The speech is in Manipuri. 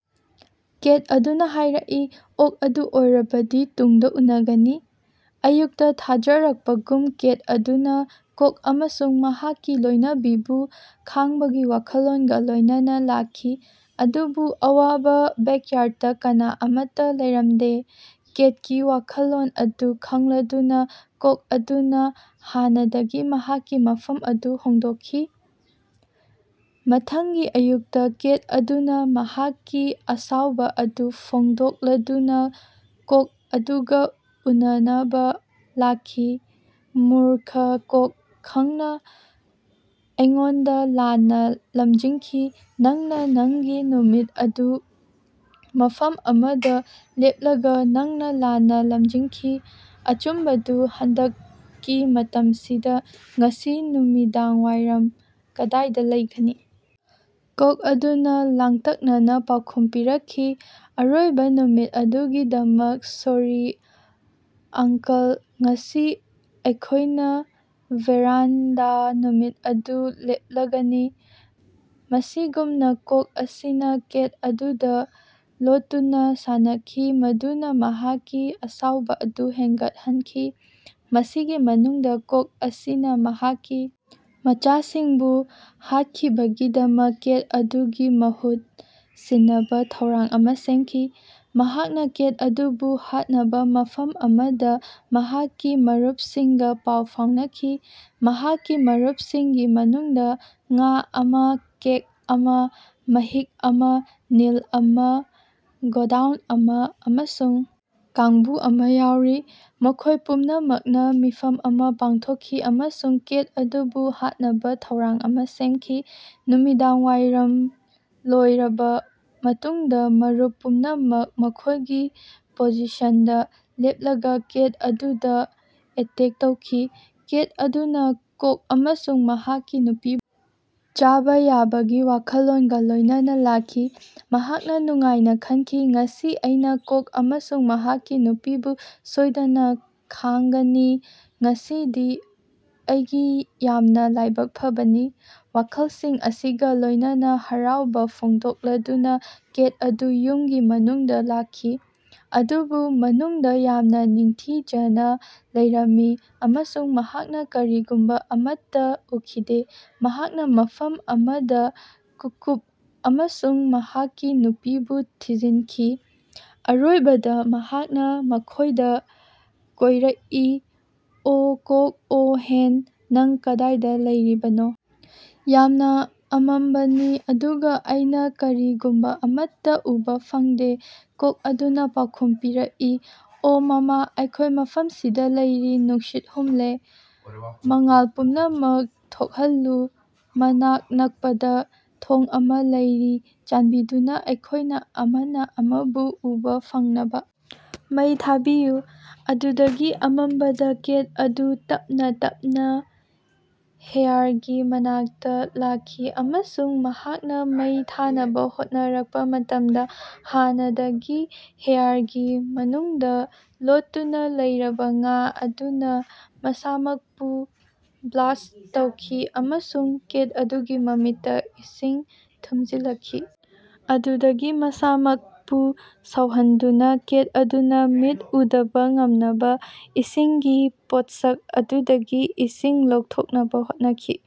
ꯀꯦꯠ ꯑꯗꯨꯅꯥ ꯍꯥꯏꯔꯛꯏ ꯑꯣꯛ ꯑꯗꯨ ꯑꯣꯏꯔꯕꯗꯤ ꯇꯨꯡꯗꯥ ꯎꯅꯒꯅꯤ꯫ ꯑꯌꯨꯛꯇꯥ ꯊꯥꯖꯔꯛꯄꯒꯨꯝ ꯀꯦꯠ ꯑꯗꯨꯅꯥ ꯀꯣꯛ ꯑꯃꯁꯨꯡ ꯃꯍꯥꯛꯀꯤ ꯂꯣꯏꯅꯕꯤꯕꯨ ꯈꯥꯡꯕꯒꯤ ꯋꯥꯈꯜꯂꯣꯟꯒꯥ ꯂꯣꯏꯅꯅꯥ ꯂꯥꯛꯈꯤ꯫ ꯑꯗꯨꯕꯨ ꯑꯋꯥꯕꯥ ꯕꯦꯀꯌꯥꯔꯗꯇꯥ ꯀꯅꯥ ꯑꯃꯠꯇꯥ ꯂꯩꯔꯝꯗꯦ꯫ ꯀꯦꯠꯀꯤ ꯋꯥꯈꯜꯂꯣꯟ ꯑꯗꯨ ꯈꯪꯂꯗꯨꯅꯥ ꯀꯣꯛ ꯑꯗꯨꯅꯥ ꯍꯥꯟꯅꯗꯒꯤ ꯃꯍꯥꯛꯀꯤ ꯃꯐꯝ ꯑꯗꯨ ꯍꯣꯡꯗꯣꯛꯏ꯫ ꯃꯊꯪꯒꯤ ꯑꯌꯨꯛꯇꯥ ꯀꯦꯠ ꯑꯗꯨꯅꯥ ꯃꯍꯥꯛꯀꯤ ꯑꯁꯥꯎꯕꯥ ꯑꯗꯨ ꯐꯣꯡꯗꯣꯛꯂꯗꯨꯅꯥ ꯀꯣꯛ ꯑꯗꯨꯒꯥ ꯎꯅꯅꯕꯥ ꯂꯥꯛꯈꯤ ꯃꯨꯔꯈ ꯀꯣꯛ ꯅꯪꯅꯥ ꯑꯩꯉꯣꯟꯗꯥ ꯂꯥꯟꯅꯥ ꯂꯝꯖꯤꯡꯈꯤ ꯅꯪꯅꯥ ꯅꯉꯒꯤ ꯅꯨꯃꯤꯠ ꯑꯗꯨ ꯃꯐꯝ ꯑꯃꯗꯥ ꯂꯦꯞꯂꯒꯥ ꯅꯪꯅꯥ ꯂꯥꯟꯅꯥ ꯂꯝꯖꯤꯡꯈꯤ꯫ ꯑꯆꯨꯝꯕꯗꯨ ꯍꯟꯗꯛꯀꯤ ꯃꯇꯝꯁꯤꯗꯥ ꯉꯁꯤ ꯅꯨꯃꯤꯗꯥꯡꯋꯥꯏꯔꯝ ꯀꯗꯥꯏꯗꯥ ꯂꯩꯒꯅꯤ? ꯀꯣꯛ ꯑꯗꯨꯅꯥ ꯂꯥꯡꯇꯛꯅꯅꯥ ꯄꯥꯎꯈꯨꯝ ꯄꯤꯔꯛꯈꯤ ꯑꯔꯣꯏꯕꯥ ꯅꯨꯃꯤꯠ ꯑꯗꯨꯒꯤꯗꯃꯛ ꯁꯣꯔꯤ ꯑꯥꯡꯀꯜ ꯉꯁꯤ ꯑꯩꯈꯣꯏꯅꯥ ꯚꯦꯔꯥꯟꯗꯥ ꯅꯨꯃꯤꯠ ꯑꯗꯨ ꯂꯦꯞꯂꯒꯅꯤ꯫ ꯃꯁꯤꯒꯨꯝꯅꯥ ꯀꯣꯛ ꯑꯁꯤꯅꯥ ꯀꯦꯠ ꯑꯗꯨꯗꯥ ꯂꯣꯠꯇꯨꯅꯥ ꯁꯥꯟꯅꯈꯤ ꯃꯗꯨꯅꯥ ꯃꯍꯥꯛꯀꯤ ꯑꯁꯥꯎꯕꯥ ꯑꯗꯨ ꯍꯦꯟꯒꯠꯍꯟꯈꯤ꯫ ꯃꯁꯤꯒꯤ ꯃꯅꯨꯡꯗꯥ ꯀꯣꯛ ꯑꯁꯤꯅꯥ ꯃꯍꯥꯛꯀꯤ ꯃꯆꯥꯁꯤꯡꯕꯨ ꯍꯥꯠꯈꯤꯕꯒꯤꯗꯃꯛ ꯀꯦꯠ ꯑꯗꯨꯒꯤ ꯃꯍꯨꯠ ꯁꯤꯟꯅꯕꯥ ꯊꯧꯔꯥꯡ ꯑꯃꯥ ꯁꯦꯝꯈꯤ꯫ ꯃꯍꯥꯛꯅꯥ ꯀꯦꯠ ꯑꯗꯨꯕꯨ ꯍꯥꯠꯅꯕꯥ ꯃꯐꯝ ꯑꯗꯨꯗꯥ ꯃꯍꯥꯛꯀꯤ ꯃꯔꯨꯞꯁꯤꯡꯒꯥ ꯄꯥꯎ ꯐꯥꯎꯅꯈꯤ꯫ ꯃꯍꯥꯛꯀꯤ ꯃꯔꯨꯞꯁꯤꯡꯒꯤ ꯃꯅꯨꯡꯗꯥ ꯉꯥ ꯑꯃꯥ ꯀꯦꯛ ꯑꯃꯥ ꯃꯍꯤꯛ ꯑꯃꯥ ꯅꯤꯜ ꯑꯃꯥ ꯒꯣꯗꯥꯎꯟ ꯑꯃꯥ ꯑꯃꯁꯨꯡ ꯀꯥꯡꯕꯨ ꯑꯃꯥ ꯌꯥꯎꯔꯤ꯫ ꯃꯈꯣꯏ ꯄꯨꯝꯅꯃꯛꯅꯥ ꯃꯤꯐꯝ ꯑꯃꯥ ꯄꯥꯡꯊꯣꯛꯈꯤ ꯑꯃꯁꯨꯡ ꯀꯦꯠ ꯑꯗꯨꯕꯨ ꯍꯥꯠꯅꯕꯥ ꯊꯧꯔꯥꯡ ꯑꯃꯥ ꯁꯦꯝꯈꯤ꯫ ꯅꯨꯃꯤꯗꯥꯡꯋꯥꯏꯔꯝ ꯂꯣꯏꯔꯕꯥ ꯃꯇꯨꯡꯗꯥ ꯃꯔꯨꯞ ꯄꯨꯝꯅꯃꯛ ꯃꯈꯣꯏꯒꯤ ꯄꯣꯖꯤꯁꯟꯗꯥ ꯂꯦꯞꯂꯒꯥ ꯀꯦꯠ ꯑꯗꯨꯗꯥ ꯑꯦꯇꯦꯛ ꯇꯧꯈꯤ꯫ ꯀꯦꯠ ꯑꯗꯨꯅꯥ ꯀꯣꯛ ꯑꯃꯁꯨꯡ ꯃꯍꯥꯛꯀꯤ ꯅꯨꯄꯤꯕꯨ ꯆꯥꯕꯥ ꯌꯥꯕꯒꯤ ꯋꯥꯈꯜꯂꯣꯟꯒꯥ ꯂꯣꯏꯅꯅꯥ ꯂꯥꯛꯈꯤ꯫ ꯃꯍꯥꯛꯅꯥ ꯅꯨꯡꯉꯥꯏꯅꯥ ꯈꯟꯈꯤ ꯉꯁꯤ ꯑꯩꯅꯥ ꯀꯣꯛ ꯑꯃꯁꯨꯡ ꯃꯍꯥꯛꯀꯤ ꯅꯨꯄꯤꯕꯨ ꯁꯣꯏꯗꯅꯥ ꯈꯥꯡꯒꯅꯤ ꯉꯁꯤꯗꯤ ꯑꯩꯒꯤ ꯌꯥꯝꯅꯥ ꯂꯥꯏꯕꯛ ꯐꯕꯅꯤ꯫ ꯋꯥꯈꯜꯁꯤꯡ ꯑꯁꯤꯒꯥ ꯂꯣꯏꯅꯅꯥ ꯍꯔꯥꯎꯕꯥ ꯐꯣꯡꯗꯣꯛꯂꯗꯨꯅꯥ ꯀꯦꯠ ꯑꯗꯨ ꯌꯨꯝꯒꯤ ꯃꯅꯨꯡꯗꯥ ꯂꯥꯛꯈꯤ꯫ ꯑꯗꯨꯕꯨ ꯃꯅꯨꯡꯗꯥ ꯌꯥꯝꯅꯥ ꯅꯤꯡꯊꯤꯖꯅꯥ ꯂꯩꯔꯝꯃꯤ ꯑꯃꯁꯨꯡ ꯃꯍꯥꯛꯅꯥ ꯀꯔꯤꯒꯨꯝꯕꯥ ꯑꯃꯠꯇꯥ ꯎꯈꯤꯗꯦ꯫ ꯃꯍꯥꯛꯅꯥ ꯃꯐꯝ ꯑꯃꯗꯥ ꯀꯨꯀꯨꯝ ꯑꯃꯁꯨꯡ ꯃꯍꯥꯛꯀꯤ ꯅꯨꯄꯤꯕꯨ ꯊꯤꯖꯤꯟꯈꯤ꯫ ꯑꯔꯣꯏꯕꯗꯥ ꯃꯍꯥꯛꯅꯥ ꯃꯈꯣꯏꯗꯥ ꯀꯧꯔꯀꯏ ꯑꯣ ꯀꯣꯛ ꯑꯣ ꯍꯦꯟ ꯅꯪ ꯀꯗꯥꯏꯗꯥ ꯂꯩꯔꯤꯕꯅꯣ? ꯌꯥꯝꯅꯥ ꯑꯃꯝꯕꯅꯤ ꯑꯗꯨꯒꯥ ꯑꯩꯅꯥ ꯀꯔꯤꯒꯨꯝꯕꯥ ꯑꯃꯠꯇꯥ ꯎꯕꯥ ꯐꯪꯗꯦ ꯀꯣꯛ ꯑꯗꯨꯅꯥ ꯄꯥꯎꯈꯨꯝ ꯄꯤꯔꯛꯏ ꯑꯣ ꯃꯥꯃꯥ ꯑꯩꯈꯣꯏ ꯃꯐꯝꯁꯤꯗꯥ ꯂꯩꯔꯤ ꯅꯨꯡꯁꯤꯠ ꯍꯨꯝꯂꯦ꯫ ꯃꯉꯥꯜ ꯄꯨꯝꯅꯃꯛ ꯊꯣꯛꯍꯜꯂꯨ ꯃꯅꯥꯛ ꯅꯛꯄꯗꯥ ꯊꯣꯡ ꯑꯃꯥ ꯂꯩꯔꯤ ꯆꯥꯟꯕꯤꯗꯨꯅꯥ ꯑꯩꯈꯣꯏꯅꯥ ꯑꯃꯅꯥ ꯑꯃꯕꯨ ꯎꯕꯥ ꯐꯪꯅꯕꯥ ꯃꯩ ꯊꯥꯕꯤꯌꯨ꯫ ꯑꯗꯨꯗꯒꯤ ꯑꯃꯝꯕꯗꯥ ꯀꯦꯠ ꯑꯗꯨ ꯇꯞꯅꯥ ꯇꯞꯅꯥ ꯍꯦꯌꯥꯔꯒꯤ ꯃꯅꯥꯛꯇꯥ ꯂꯥꯛꯈꯤ ꯑꯃꯁꯨꯡ ꯃꯍꯥꯛꯅꯥ ꯃꯩ ꯊꯥꯅꯕꯥ ꯍꯣꯠꯅꯔꯛꯄꯥ ꯃꯇꯝꯗꯥ ꯍꯥꯟꯅꯗꯒꯤ ꯍꯦꯌꯥꯔꯒꯤ ꯃꯅꯨꯡꯗꯥ ꯂꯣꯠꯇꯨꯅꯥ ꯂꯩꯔꯕꯥ ꯉꯥ ꯑꯗꯨꯅꯥ ꯃꯁꯥꯃꯛꯄꯨ ꯕ꯭ꯂꯥꯁ꯭ꯠ ꯇꯧꯈꯤ ꯑꯃꯁꯨꯡ ꯀꯦꯠ ꯑꯗꯨꯒꯤ ꯃꯃꯤꯠꯇꯥ ꯏꯁꯤꯡ ꯊꯨꯝꯖꯤꯜꯂꯛꯈꯤ꯫ ꯑꯗꯨꯗꯒꯤ ꯃꯁꯥꯃꯛꯄꯨ ꯁꯥꯎꯍꯟꯗꯨꯅꯥ ꯀꯦꯠ ꯑꯗꯨꯅꯥ ꯃꯤꯠ ꯎꯗꯕꯥ ꯉꯝꯅꯕꯥ ꯏꯁꯤꯡꯒꯤ ꯄꯣꯠꯁꯛ ꯑꯗꯨꯗꯒꯤ ꯏꯁꯤꯡ ꯂꯧꯊꯣꯛꯅꯕꯥ ꯍꯣꯠꯅꯈꯤ꯫